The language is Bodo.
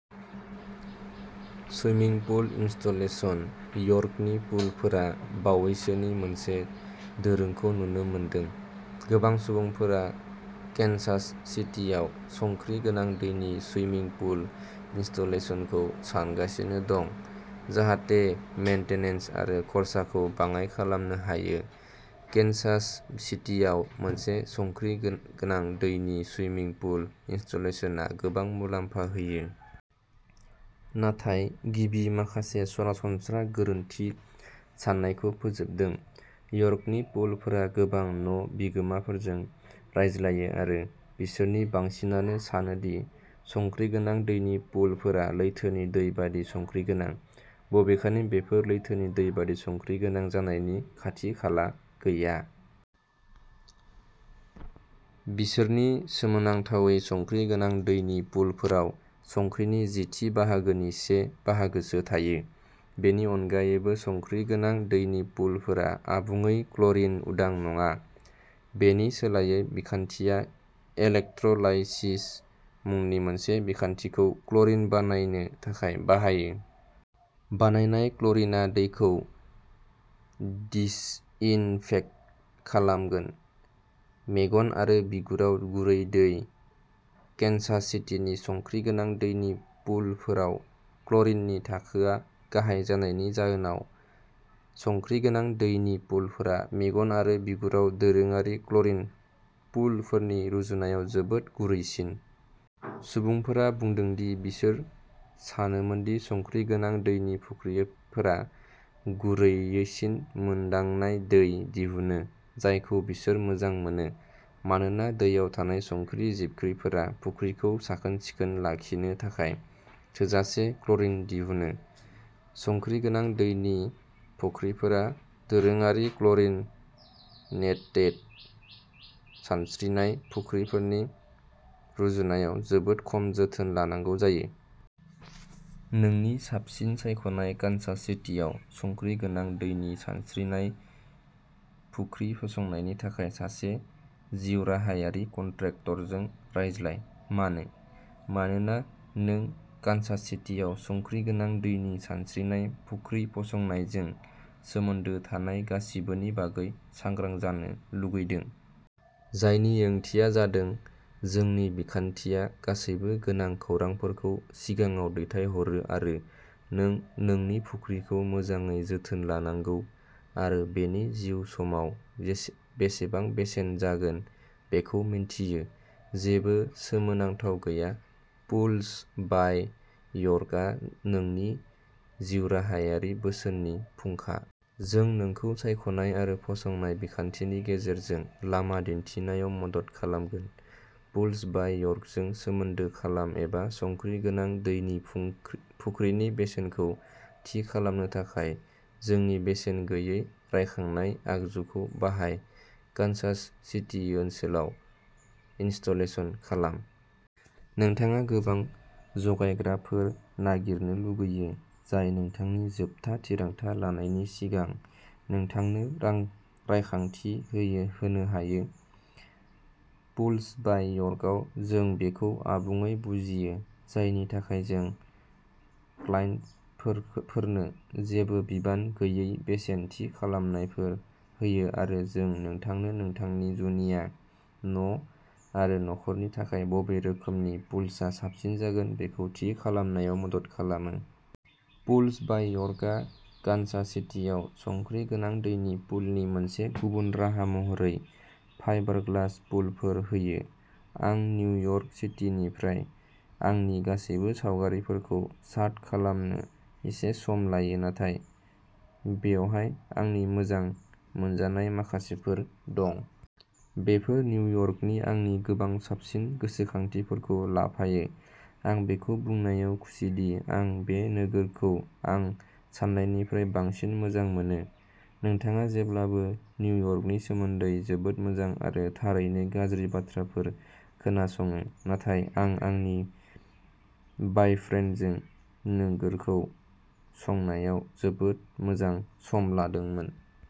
सुइमिं पुल इनस्टलेशन। यर्कनि पुलफोरा बावैसोनि मोनसे दोरोंखौ नुनो मोनदों। गोबां सुबुंफोरा केन्सास सिटीआव संख्रि गोनां दैनि स्विमिंग पुल इनस्टलेशनखौ सानगासिनो दं, जाहाथे मेनटेनन्स आरो खरसाखौ बाङाइ खालामनो हायो। केन्सास सिटीआव मोनसे संख्रि गोनां दैनि स्विमिंग पुल इनस्टलेशनआ गोबां मुलाम्फा होयो। नाथाय गिबि माखासे सरासनस्रा गोरोन्थि साननायखौ फोजोबदों। यर्कनि पुलफोरा गोबां न' बिगोमाफोरजों रायज्लायो आरो बिसोरनि बांसिनानो सानो दि संख्रि गोनां दैनि पुलफोरा लैथोनि दै बायदि संख्रि गोनां। बबेखानि बेफोर लैथोनि दै बायदि संख्रि गोनां जानायनि खाथि-खाला गैया। बिसोरनि सोमोनांथावै संख्रि गोनां दैनि पुलफोराव संख्रिनि जिथि बाहागोनि से बाहागोसो थायो। बेनि अनगायैबो संख्रि गोनां दैनि पुलफोरा आबुङै क्ल'रिन उदां नङा। बेनि सोलायै बिखान्थिया इलेक्ट्र'लाइसिस मुंनि मोनसे बिखान्थिखौ क्ल'रिन बानायनो थाखाय बाहायो। बानायनाय क्ल'रिनआ दैखौ दिसइनफेक्ट खालामगोन। मेगन आरो बिगुराव गुरै दै। केन्सास सिटीनि संख्रि गोनां दैनि पुलफोराव क्ल'रिननि थाखोआ गाहाय जानायनि जाहोनाव संख्रि गोनां दैनि पुलफोरा मेगन आरो बिगुराव दोरोङारि क्ल'रिन पुलफोरनि रुजुनायाव जोबोद गुरैसिन। सुबुंफोरा बुंदों दि बिसोर सानोमोन दि संख्रि गोनां दैनि फुख्रिफोरा गुरैसिन मोनदांनाय दै दिहुनो, जायखौ बिसोर मोजां मोनो। मानोना दैयाव थानाय संख्रि जिबख्रिफोरा फुख्रिखौ साखोन-सिखोन लाखिनो थाखाय थोजासे क्ल'रिन दिहुनो। संख्रि गोनां दैनि फुख्रिफोरा दोरोङारि क्ल'रिनेटेड सानस्रिनाय फुख्रिफोरनि रुजुनायाव जोबोद खम जोथोन लानांगौ जायो। नोंनि साबसिन सायख'नाय कानसास सिटियाव संख्रि गोनां दैनि सानस्रिनाय फुख्रि फसंनायनि थाखाय सासे जिउराहायारि कन्ट्रेक्टरजों रायज्लाय। मानो? मानोना नों कानसास सिटियाव संख्रि गोनां दैनि सानस्रिनाय फुख्रि फसंनायजों सोमोन्दो थानाय गासिबोनि बागै सांग्रां जानो लुगैदों। जायनि ओंथिया जादों जोंनि बिखान्थिया गासैबो गोनां खौरांफोरखौ सिगाङाव दैथायहरो आरो नों नोंनि फुख्रिखौ माबोरै जोथोन लानांगौ आरो बेनि जिउसमाव बेसेबां बेसेन जागोन बेखौ मिन्थियो। जेबो सोमोनांथाव गैया, पुल्स बाइ यर्कआ नोंनि जिउराहायारि बोसोननि फुंखा। जों नोंखौ सायख'नाय आरो फसंनाय बिखान्थिनि गेजेरजों लामा दिन्थिनायाव मदद खालामगोन। पुल्स बाइ यर्कजों सोमोन्दो खालाम एबा संख्रि गोनां दैनि फुख्रिनि बेसेनखौ थि खालामनो थाखाय जोंनि बेसेन गैयै रायखांनाय आगजुखौ बाहाय। कानसास सिटी ओनसोलाव इनस्टलेशन खालाम। नोंथाङा गोबां जगायग्राफोर नागिरनो लुगैयो जाय नोंथांनि जोबथा थिरांथा लानायनि सिगां नोंथांनो रायखांथि होनो हायो। पुल्स बाय यर्कआव जों बेखौ आबुङै बुजियो, जायनि थाखाय जों क्लाइन्टफोरनो जेबो बिबान गैयै बेसेन थि खालामनायफोर होयो आरो जों नोंथांनो नोंथांनि जुनिया न' आरो न'खरनि थाखाय बबे रोखोमनि पुलआ साबसिन जागोन बेखौ थि खालामनायाव मदद खालामो। पुल्स बाय यर्कआ कानसास सिटीआव संख्रि गोनां दैनि पुलनि मोनसे गुबुन राहा महरै फाइबारग्लास पुलफोर होयो। आं निउ यर्क सिटीनिफ्राय आंनि गासैबो सावगारिफोरखौ सार्ट खालामनो एसे सम लायो, नाथाय बेवहाय आंनि मोजां मोनजानाय माखासेफोर दं। बेफोरो निउ यर्कनि आंनि गोबां साबसिन गोसोखांथिफोरखौ लाफायो। आं बेखौ बुंनायाव खुसिदि आं बे नोगोरखौ आं सान्नायनिफ्राय बांसिन मोजां मोनो। नोंथाङा जेब्लाबो निउ यर्कनि सोमोन्दै जोबोद मोजां आरो थारैनो गाज्रि बाथ्राफोर खोनासङो, नाथाय आं आंनि बायफ्रेन्डजों नोगोरखौ संनायाव जोबोद मोजां सम लादोंमोन।